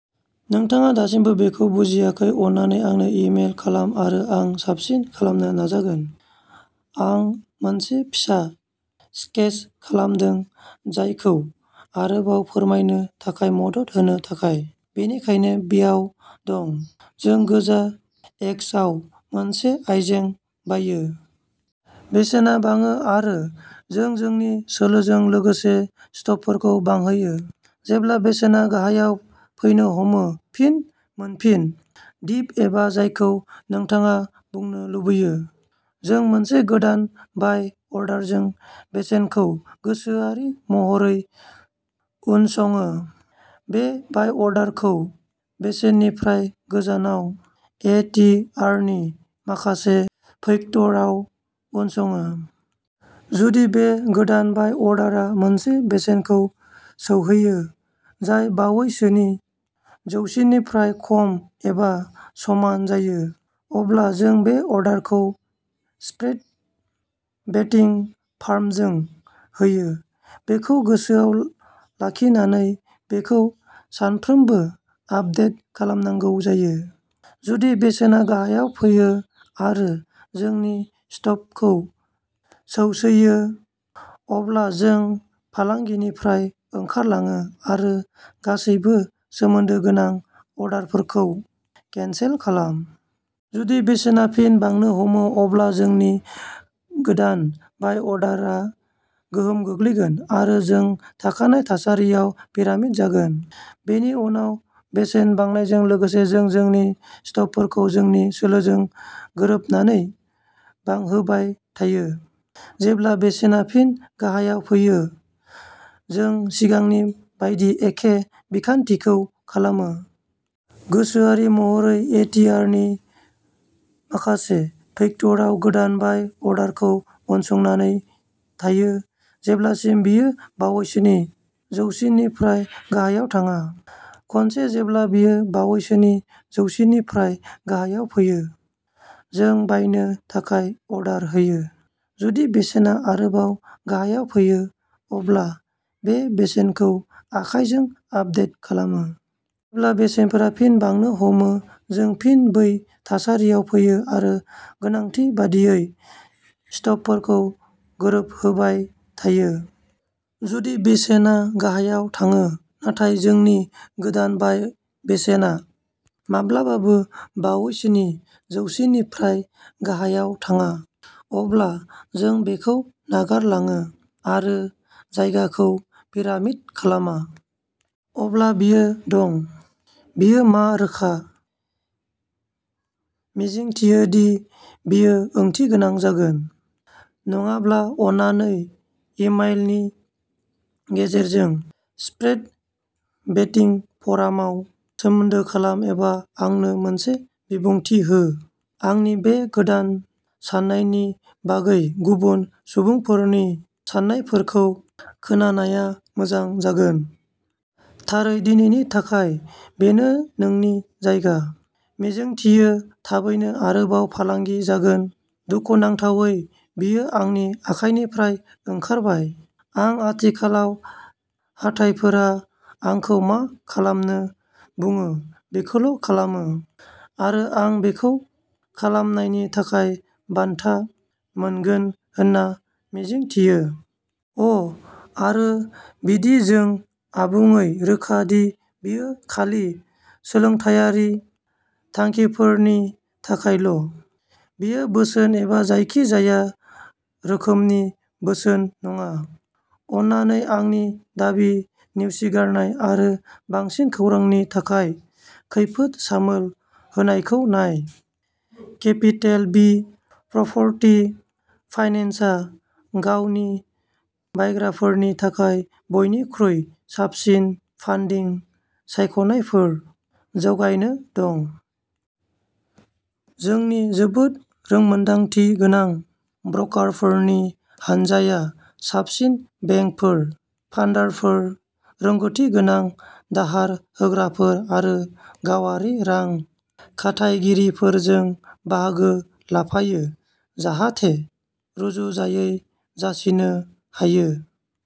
नोंथाङा दासिमबो बेखौ बुजियाखै, अन्नानै आंनो इ-मेल खालाम आरो आं साबसिन खालामनो नाजागोन। आं मोनसे फिसा स्केच खालामदों, जायखौ आरोबाव फोरमायनो थाखाय मदद होनो थाखाय। बेनिखायनो बेयाव दं। जों गोजा एक्सआव मोनसे आइजें बायो। बेसेना बाङो आरो जों जोंनि सोलोजों लोगोसे स्टपफोरखौ बांहोयो। जेब्ला बेसेना गाहायाव फैनो हमो, फिन मोनफिन, दिप एबा जायखौ नोंथाङा बुंनो लुबैयो, जों मोनसे गोदान बाय अर्डारजों बेसेनखौ गोसोआरि महरै उनसङो। बे बाय अर्डारखौ बेसेननिफ्राय गोजानाव ए टि आर नि माखासे फैक्टरआव उनसङो। जुदि बे गोदान बाय अर्डारआ मोनसे बेसेनखौ सौहैयो जाय बावैसोनि जौसिननिफ्राय खम एबा समान जायो, अब्ला जों बे अर्डारखौ स्प्रेड बेटिं फार्मजों होयो, बेखौ गोसोआव लाखिनानै बेखौ सानफ्रोमबो आपडेट खालामनांगौ जागोन। जुदि बेसेना गाहायाव फैयो आरो जोंनि स्टपखौ सौसैयो, अब्ला जों फालांगिनिफ्राय ओंखारलाङो आरो गासैबो सोमोन्दो गोनां अर्डारफोरखौ केनसेल खालाम। जुदि बेसेनआ फिन बांनो हमो, अब्ला जोंनि गोदान बाय अर्डारआ गोहोम गोग्लैगोन आरो जों थाखानाय थासारियाव पिरामिड जागोन। बेनि उनाव बेसेन बांनायजों लोगोसे जों जोंनि स्टपफोरखौ जोंनि सोलोजों गोरोबनानै बांहोबाय थायो। जेब्ला बेसेना फिन गाहायाव फैयो, जों सिगांनि बायदि एखे बिखान्थिखौ खालामो। गोसोआरि महरै ए टि आर नि माखासे फैक्टरआव गोदान बाय अर्डारखौ उनसंनानै थायो जेब्लासिम बेयो बावैसोनि जौसिननिफ्राय गाहायाव थाङा। खनसे जेब्ला बेयो बावैसोनि जौसिननिफ्राय गाहायाव फैयो, जों बायनो थाखाय अर्डार होयो, जुदि बेसेना आरोबाव गाहायाव फैयो अब्ला बे बेसेनखौ आखाइजों आपडेट खालामो। जेब्ला बेसेनफोरा फिन बांनो हमो, जों फिन बै थासारियाव फैयो आरो गोनांथि बायदियै स्टपफोरखौ गोरोबहोबाय थायो। जुदि बेसेना गाहायाव थाङो नाथाय जोंनि गोदान बाय बेसेना माब्लाबाबो बावैसोनि जौसिननिफ्राय गाहायाव थाङा, अब्ला जों बेखौ नागारलाङो आरो जायगाखौ पिरामिड खालामा। अब्ला बेयो दं। बेयो मा रोखा। मिजिंथियो दि बेयो ओंथिगोनां जागोन। नङाब्ला अन्नानै ई-मेलनि गेजेरजों, स्प्रेड बेटिं फ'रामाव सोमोन्दो खालाम एबा आंनो मोनसे बिबुंथि हो। आंनि बे गोदान साननायनि बागै गुबुन सुबुंफोरनि साननायफोरखौ खोनानाया मोजां जागोन। थारै दिनैनि थाखाय बेनो नोंनि जायगा। मिजिंथियो थाबैनो आरोबाव फालांगि जागोन, दुखुनांथावै बेयो आंनि आखाइनिफ्राय ओंखारबाय। आं आथिखालाव हाथाइफोरा आंखौ मा खालामनो बुङो बेखौल' खालामो आरो आं बेखौ खालामनायनि थाखाय बान्था मोनगोन होनना मिजिंथियो। अ आरो बिदि जों आबुङै रोखा दि बेयो खालि सोलोंथायारि थांखिफोरनि थाखायल'। बेयो बोसोन एबा जायखिजाया रोखोमनि बोसोन नङा। अन्नानै आंनि दाबि नेवसिगारनाय आरो बांसिन खौरांनि थाखाय खैफोद सामोल होनायखौ नाय। केपिटेल बि प्रप'र्टि फाइनेन्सआ गावनि बायग्राफोरनि थाखाय बयनिख्रुइ साबसिन फान्डिं सायख'नायफोर जगायनो दं। जोंनि जोबोद रोंमोनदांथि गोनां ब्र'कारफोरनि हानजाया साबसिन बेंकफोर, फान्डारफोर, रोंग'थि गोनां दाहार होग्राफोर आरो गावारि रां खाथायगिरिफोरजों बाहागो लाफायो जाहाथे रुजुजायै जासिनो हायो।